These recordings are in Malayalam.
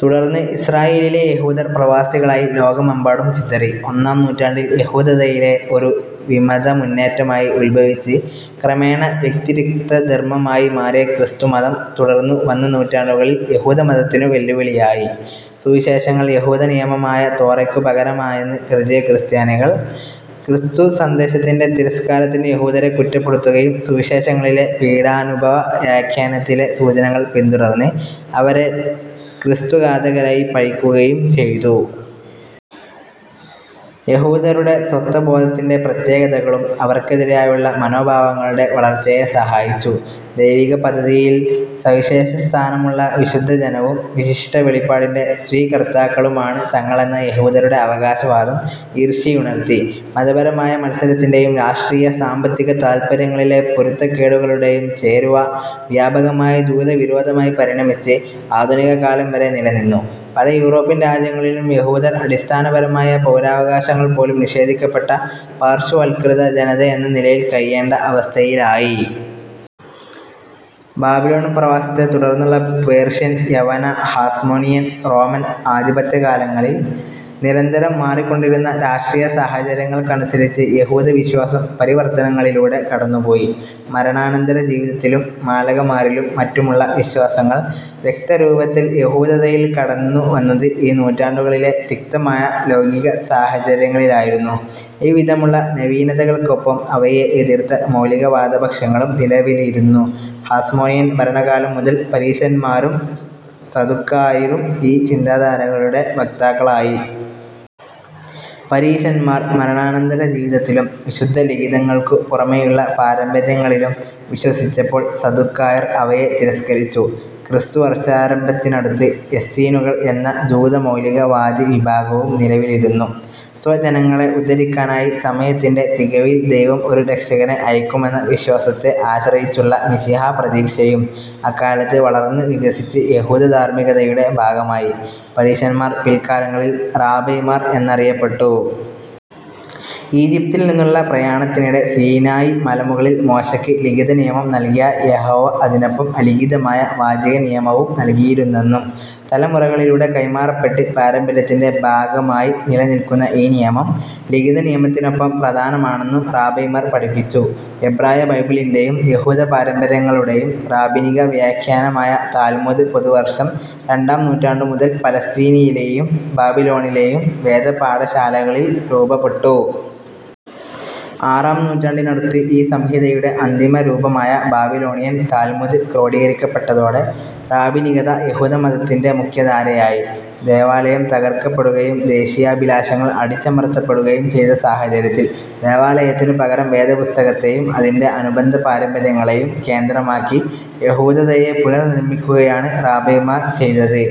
തുടർന്ന് ഇസ്രായേലിലെ യഹൂദർ പ്രവാസികളായി ലോകമെമ്പാടും ചിതറി. ഒന്നാം നൂറ്റാണ്ടിൽ യഹൂദതയിലെ ഒരു വിമതമുന്നേറ്റമായി ഉത്ഭവിച്ച് ക്രമേണ വ്യതിരിക്തധർമ്മമായി മാറിയ ക്രിസ്തുമതം, തുടർന്നു വന്ന നൂറ്റാണ്ടുകളിൽ യഹൂദമതത്തിനു വെല്ലുവിളിയായി. സുവിശേഷങ്ങൾ യഹൂദനിയമമായ തോറയ്ക്കു പകരമായെന്നു കരുതിയ ക്രിസ്ത്യാനികൾ, ക്രിസ്തുസന്ദേശത്തിന്റെ തിരസ്കാരത്തിനു യഹൂദരെ കുറ്റപ്പെടുത്തുകയും സുവിശേഷങ്ങളിലെ പീഡാനുഭവാഖ്യാനത്തിലെ സൂചനകൾ പിന്തുടർന്ന്, അവരെ ക്രിസ്തുഘാതകരായി പഴിക്കുകയും ചെയ്തു. യഹൂദരുടെ സ്വത്വബോധത്തിന്റെ പ്രത്യേകതകളും അവർക്കെതിരായുള്ള മനോഭാവങ്ങളുടെ വളർച്ചയെ സഹായിച്ചു. ദൈവികപദ്ധതിയിൽ സവിശേഷസ്ഥാനമുള്ള വിശുദ്ധജനവും, വിശിഷ്ടവെളിപാടിന്റെ സ്വീകർത്താക്കളുമാണു തങ്ങളെന്ന യഹൂദരുടെ അവകാശവാദം ഈർഷ്യയുണർത്തി. മതപരമായ മത്സരത്തിന്റെയും രാഷ്ട്രീയ-സാമ്പത്തിക താത്പര്യങ്ങളിലെ പൊരുത്തക്കേടുകളുടേയും ചേരുവ, വ്യാപകമായ ജൂതവിരോധമായി പരിണമിച്ച് ആധുനികകാലം വരെ നിലനിന്നു. പല യൂറോപ്യൻ രാജ്യങ്ങളിലും യഹൂദർ, അടിസ്ഥാനപരമായ പൗരാവകാശങ്ങൾ പോലും നിഷേധിക്കപ്പെട്ട പാർശ്വവൽക്കൃത ജനതയെന്ന നിലയിൽ കഴിയേണ്ട അവസ്ഥയിലായി. ബാബിലോൺ പ്രവാസത്തെ തുടർന്നുള്ള പേർഷ്യൻ, യവന, ഹാസ്മോനിയൻ, റോമൻ ആധിപത്യകാലങ്ങളിൽ നിരന്തരം മാറിക്കൊണ്ടിരുന്ന രാഷ്ട്രീയസാഹചര്യങ്ങൾക്കനുസരിച്ച് യഹൂദവിശ്വാസം പരിവർത്തനങ്ങളിലൂടെ കടന്നുപോയി. മരണാനന്തരജീവിതത്തിലും മാലാഖമാരിലും മറ്റുമുള്ള വിശ്വാസങ്ങൾ വ്യക്തരൂപത്തിൽ യഹൂദതയിൽ കടന്നു വന്നത് ഈ നൂറ്റാണ്ടുകളിലെ തിക്തമായ ലൗകികസാഹചര്യങ്ങളിലായിരുന്നു. ഈവിധമുള്ള നവീനതകൾക്കൊപ്പം അവയെ എതിർത്ത മൗലികവാദപക്ഷങ്ങളും നിലവിലിരുന്നു. ഹാസ്മോനിയൻ ഭരണകാലം മുതൽ, പരീശന്മാരും സദുക്കായരും ഈ ചിന്താധാരകളുടെ വക്താക്കളായി. പരീശന്മാർ മരണാനന്തരജീവിതത്തിലും വിശുദ്ധലിഖിതങ്ങൾക്കു പുറമേയുള്ള പാരമ്പര്യങ്ങളിലും വിശ്വസിച്ചപ്പോൾ സദുക്കായർ അവയെ തിരസ്കരിച്ചു. ക്രിസ്തുവർഷാരംഭത്തിനടുത്ത് എസ്സീനുകൾ എന്ന ജൂതമൗലികവാദിവിഭാഗവും നിലവിലിരുന്നു. സ്വജനങ്ങളെ ഉദ്ധരിക്കാനായി സമയത്തിന്റെ തികവിൽ ദൈവം ഒരു രക്ഷകനെ അയക്കുമെന്ന വിശ്വാസത്തെ ആശ്രയിച്ചുള്ള മിശിഹാപ്രതീക്ഷയും അക്കാലത്ത് വളർന്നു വികസിച്ച് യഹുദധാർമ്മികതയുടെ ഭാഗമായി. പരീശന്മാർ പിൽക്കാലങ്ങളിൽ റാബൈമാർ എന്നറിയപ്പെട്ടു. ഈജിപ്തിൽ നിന്നുള്ള പ്രയാണത്തിനിടെ സീനായ് മലമുകളിൽ മോശെക്ക് ലിഖിതനിയമം നൽകിയ യഹോവ അതിനൊപ്പം അലിഖിതമായ വാചികനിയമവും നൽകിയിരുന്നെന്നും തലമുറകളിലൂടെ കൈമാറപ്പെട്ട് പാരമ്പര്യത്തിന്റെ ഭാഗമായി നിലനിൽക്കുന്ന ഈ നിയമം ലിഖിതനിയമത്തിനൊപ്പം പ്രധാനമാണെന്നും റാബൈമാർ പഠിപ്പിച്ചു. എബ്രായബൈബിളിന്റേയും യഹൂദപാരമ്പര്യങ്ങളുടേയും റാബിനികവ്യാഖ്യാനമായ താൽമുദ് പൊതുവർഷം രണ്ടാം നൂറ്റാണ്ടു മുതൽ പലസ്തീനയിലേയും ബാബിലോണിലേയും വേദപാഠശാലകളിൽ രൂപപ്പെട്ടു. ആറാം നൂറ്റാണ്ടിനടുത്ത് ഈ സംഹിതയുടെ അന്തിമരൂപമായ "ബാബിലോണിയൻ താൽമുദ്" ക്രോഡീകരിക്കപ്പെട്ടതോടെ റാബിനികത, യഹൂദമതത്തിന്റെ മുഖ്യധാരയായി. ദേവാലയം തകർക്കപ്പെടുകയും ദേശീയാഭിലാഷങ്ങൾ അടിച്ചമർത്തപ്പെടുകയും ചെയ്ത സാഹചര്യത്തിൽ ദേവാലയത്തിനു പകരം വേദപുസ്തകത്തേയും അതിന്റെ അനുബന്ധപാരമ്പര്യങ്ങളേയും കേന്ദ്രമാക്കി യഹുദതയെ പുനർനിമ്മിക്കുകയാണ് റാബൈമാർ ചെയ്തത്.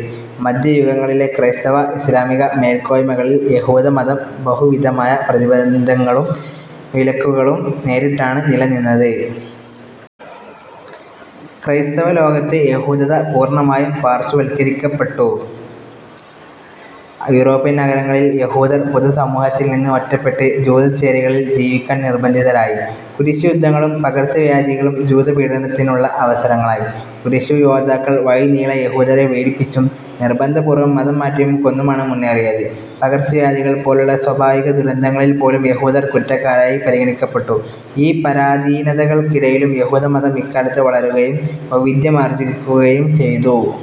മദ്ധ്യയുഗങ്ങളിലെ ക്രൈസ്തവ, ഇസ്ലാമിക മേൽക്കോയ്മകളിൽ യഹൂദമതം ബഹുവിധമായ പ്രതിബന്ധങ്ങളും വിലക്കുകളും നേരിട്ടാണ് നിലനിന്നത്. ക്രൈസ്തവലോകത്ത് യഹുദത പൂർണ്ണമായും പാർശ്വവൽക്കരിക്കപ്പെട്ടു. യൂറോപ്യൻ നഗരങ്ങളിൽ യഹൂദർ പൊതുസമൂഹത്തിൽ നിന്ന് ഒറ്റപ്പെട്ട്, ജൂതച്ചേരികളിൽ ജീവിക്കാൻ നിർബ്ബന്ധിതരായി. കുരിശുയുദ്ധങ്ങളും പകർച്ചവ്യാധികളും, ജൂതപീഡനത്തിനുള്ള അവസരങ്ങളായി. കുരിശുയോദ്ധാക്കൾ വഴിനീളെ യഹൂദരെ പീഡിപ്പിച്ചും നിർബ്ബന്ധപൂർവം മതംമാറ്റിയും കൊന്നുമാണു മുന്നേറിയത്. പകർച്ചവ്യാധികൾ പോലുള്ള സ്വാഭാവികദുരന്തങ്ങളിൽ പോലും യഹൂദർ കുറ്റക്കാരായി പരിഗണിക്കപ്പെട്ടു. ഈ പരാധീനതകൾക്കിടയിലും യഹൂദമതം ഇക്കാലത്ത് വളരുകയും വൈവിദ്ധ്യമാർജ്ജിക്കുകയും ചെയ്തു.